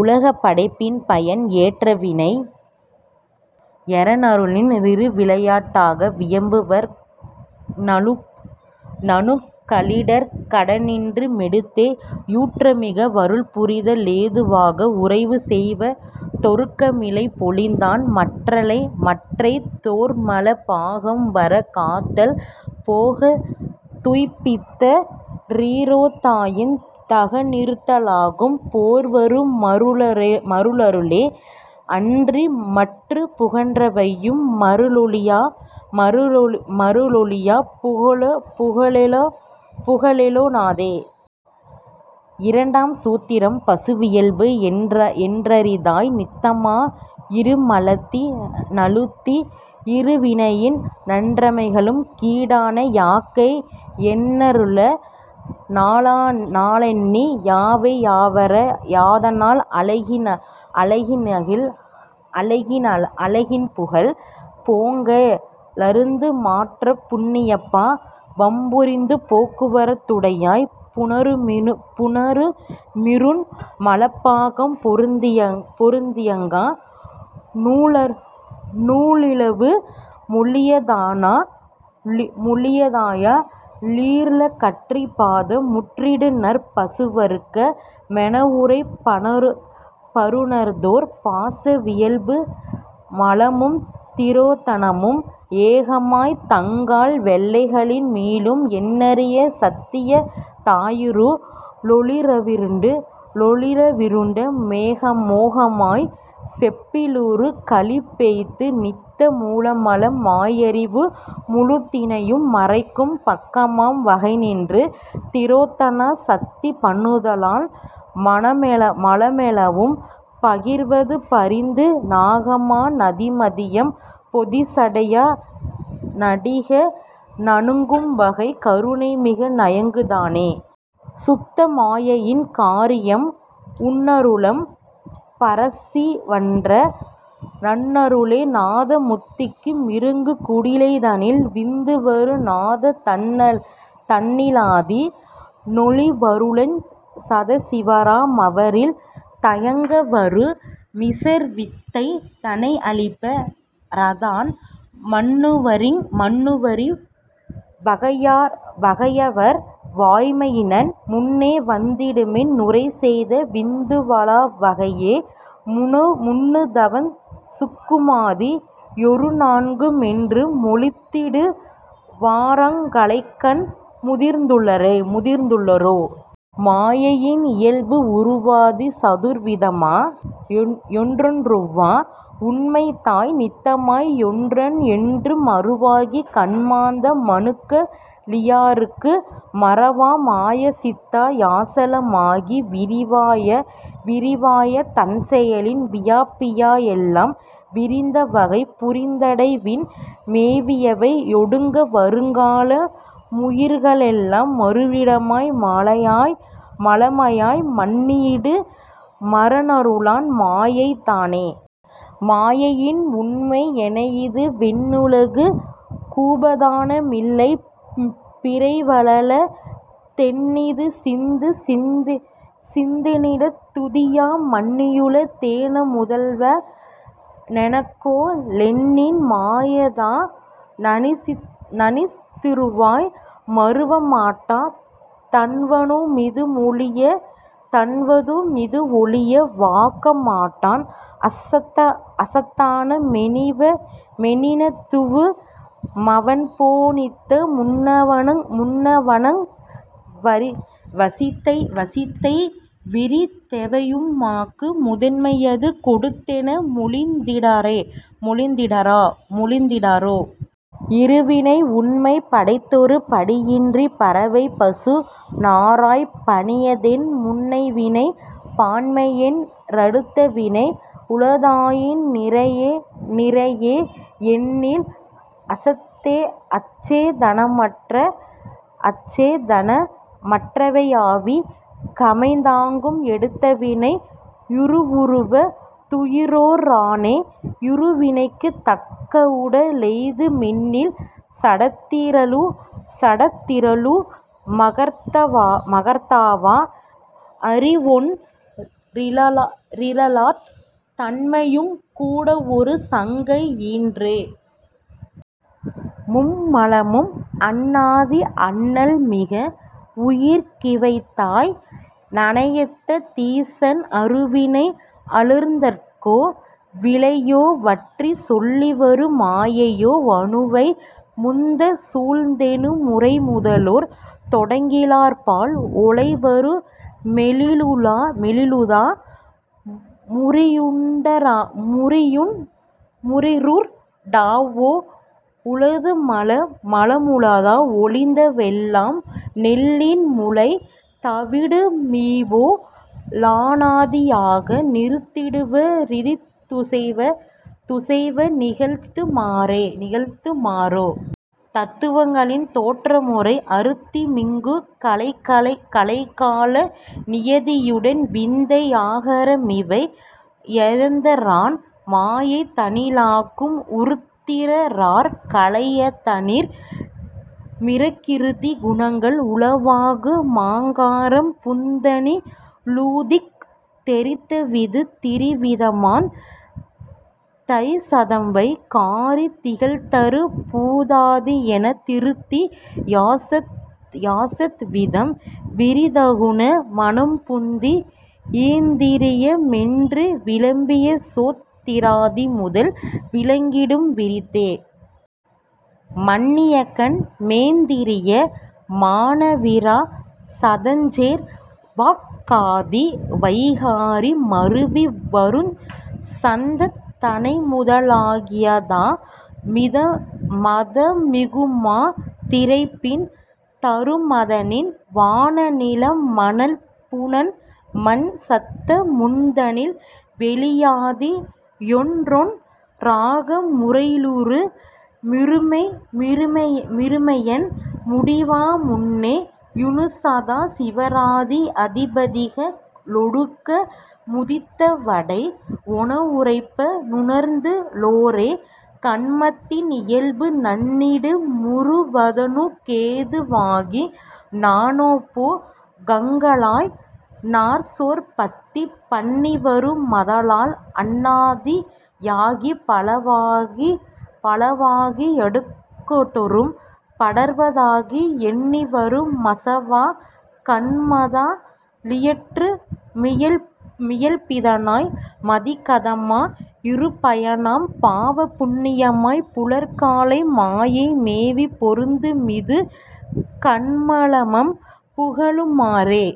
உலகப் படைப்பின் பயன் ஏற்றவிவை யரனருளின் றிருவிளையாட் டாக வியம்புவர்க ளணுக்களிடர்க் கடனின்று மெடுத்தே யூற்றமிக வருள்புரித லேது வாக வுரைசெய்வ ரொடுக்கமிளைப் பொழித்தன் மற்றைத் தோற்மல பாகம்வரக் காத்தல் போகந் துய்ப்பித்த றிரோதாயி தகநிறுத்த லாகும் போற்வரு மருளருளே யன்றி மற்றுப் புகன்றவையு மருளொழியப் புகலொ ணாதே. இரண்டாம் சூத்திரம் பசுவியல்பு எண்ணரிதாய் நித்தமா யிருண்மலத்தி னழுந்தி யிருவினையின் றன்மைகளுக் கீடான யாக்கை யண்ணலரு ளானண்ணி யவையவரா யதனால் அலகினிகழ் போகங்க ளருந்து மாற்றாற் புண்ணியபா வம்புரிந்து போக்குவரவுடைத்தாய்ப் புணருமிருண் மலபாகம் பொருந்தியக்கா லுண்ணிலவு மொளியதனா லிருளகற்றிப் பாத முற்றிடுநற் பசுவருக்க மெனவுரைப்பருணர்ந்தோர். பாச வியல்பு மலமும் திரோதனமும் ஏகமாய்த் தங்கால வெல்லைகளின் மீளும் எண்ணரிய சத்தியதாயிரு ளொளிரவிருண்ட மோகமாய்ச் செம்பிலுரு களிம்பேய்ந்து நித்த மூலமல மாயறிவு முழுதினையு மறைக்கும் பாகமாம் வகைநின்று திரோதான சத்தி பண்ணுதலான் மலமெனவும் பகர்வரதுபரிந்து நாகமா நதிமதியம் பொதிசடையா னடிக ணணுகும்வகை கருணைமிக நயக்குந் தானே. சுத்தமாயையின் காரியம் உன்னலரும் பரசிவன்ற னருளாலே நாத முதிக்கு மிருங் குடிலைதனில் விந்துவரு நாதந் தன்னிலதி னொளிவளருஞ் சதாசிவரா மவரில் தயங்கவரு மீசர்வித்தை தனையளிப்ப ரதனான் மன்னுவரிவ் வகையைவர் வாய்மையினான் முன்னே வந்திடுமென் றுரைசெய்த விந்துவழா வகையே முன்னுதவுஞ் சூக்குமாதி யொருநான்கு மென்று மொழிந்திடுவரருங்கலைகண் முதிர்ந்துளோரே. மாயையின் இயல்பு உருவாதி சதுர்விதமா யொன்றொன்றொவ்வா உண்மையதாய் நித்தமா யொன்றா யென்று மருவாகிக் கன்மாந்த மணுக்க ளியார்க்கு மாவார மாயசித்தா யசல மாகி விரிவாய தன்செயலின் வியாபியா யெல்லாம் விரிந்தவகை புரிந்தடைவின் மேவியவை யொடுங்க வருகால முயிர்களெல்லா மருவிடமாய் மலமாய மன்னியிடு மரனருளான் மாயை தானே. மாயையின் உண்மை என்னையிது வெனினுலகுக் குபாதான மில்லை பிறைவனல தெனினசித்துத் சித்தினிடத் துதியா மன்னியுள தேனமுதல்வ னெனகொ லென்னின் மாயைதா னசித்துருவாய் மருவ மாட்டா தன்னவனு மிதுவொழிய வாக்க மாட்டான் அசத்தனா மெனினதுவு மவன்போ னித்த முன்னவனவ் வசித்தைவிரித் தெவையு மாக்கு முதன்மையது கொடுத்ததென மொழிந்திடாரே. இருவினை உண்மை படைத்ததொரு படியின்றிப் பறவைபசு நரராய்ப் பண்ணியதென் முன்னைவினைப் பான்மையென்ப ரடுத்தவினை யுளதாயி னிறையே னென்னில் அசேதனமற் றவையாவிக் கமைந் தாகும் எடுத்தவினை யுறுவுறுவ துயிரேற் றானே யிருவினைக்குத் தக்கவுட லெய்து மென்னில் சடத்திரளு மகர்த்தாவா யறிவொன் றில்லாத் தன்மையனுங் கூடவொரு சங்கை யின்றே. மும்மலமும் அநாதி அல்லன்மிக வுயிர்க்கிவைதா னனைத்த தீசன் அருவினைக ளருந்துதற்கோ விளையோ வன்றிச் சொல்லிவரு மாயையோ வணுவை முந்தச் சூழ்ந்ததெனு முரைமுதலோர் தொடக்கிலார்பால் ஒல்லைவரு மெனினுளதா முயிருண் டாவே யுளதுமல மலமுளதா வொழிந்த வெல்லாம் நெல்லின்முளை தவிடுமிபோ லநாதி யாக நிறுத்திடுவ ரிதுசைவ நிகழ்த்து மாறே. தத்துவங்களின் தோற்றமுறை அருத்திமிகுங் கலைகால நியதியுடன் வித்தை யராகமிவை யனந்தரான் மாயைதனி லாகும் உருத்திரராற் கலையதனிற் பிரகிருதி குணங்கள் உளவாகு மாங்காரம் புந்திதனி லுதிக்குந் தெரித்தவிது திரிவிதமாந் தைசதம்வை காரி திகழ்தரு பூதாதி யெனத் திருந்தி யசாத்துவிதம் விரித்தகுண மனம்புத்தி யிந்திரிய மென்று விளம்பியசோத் திராதிமுதல் விளங்கியிடும் விரிந்தே! மன்னியகன் மேந்திரிய மானவிரா சதஞ்சேர் வாக்காதி வைகாரி மருவிவருஞ் சத்தந் தன்னைமுத லாகியதா மதமிகுமாத் திரைபின் தருமதனின் வானநில மனல்புனன்மண் சத்த முன்னதனில் வெளியாதி யொன்றொன் றாக முறையிலுறு மிருமையயன் முடிவா முன்னே யுன்னுசதா சிவராதி யதிபதிக ளொடுக்க முதித்தவடை வெனவுரைப்ப ருணர்ந்து ளோரே. கன்மத்தின் இயல்பு நண்ணியிடு முருவதனுக் கேது வாகி நானாபோ கங்களாய் நாசோற் பத்தி பண்ணிவரு மாதலால் அநாதி யாகிப் பலவாகி யணுக்கடொறும் படர்வதாகி யெண்ணிவரு மனவாச கன்மத்தா லியற்று மியல்பிதனாய் மதிகதமா யிருபயனாம் பாவ புண்ணியமாய்ப் புலர்காலை மாயை மேவிப் பொருந்துமிது கன்மமலம் புகலு மாறே.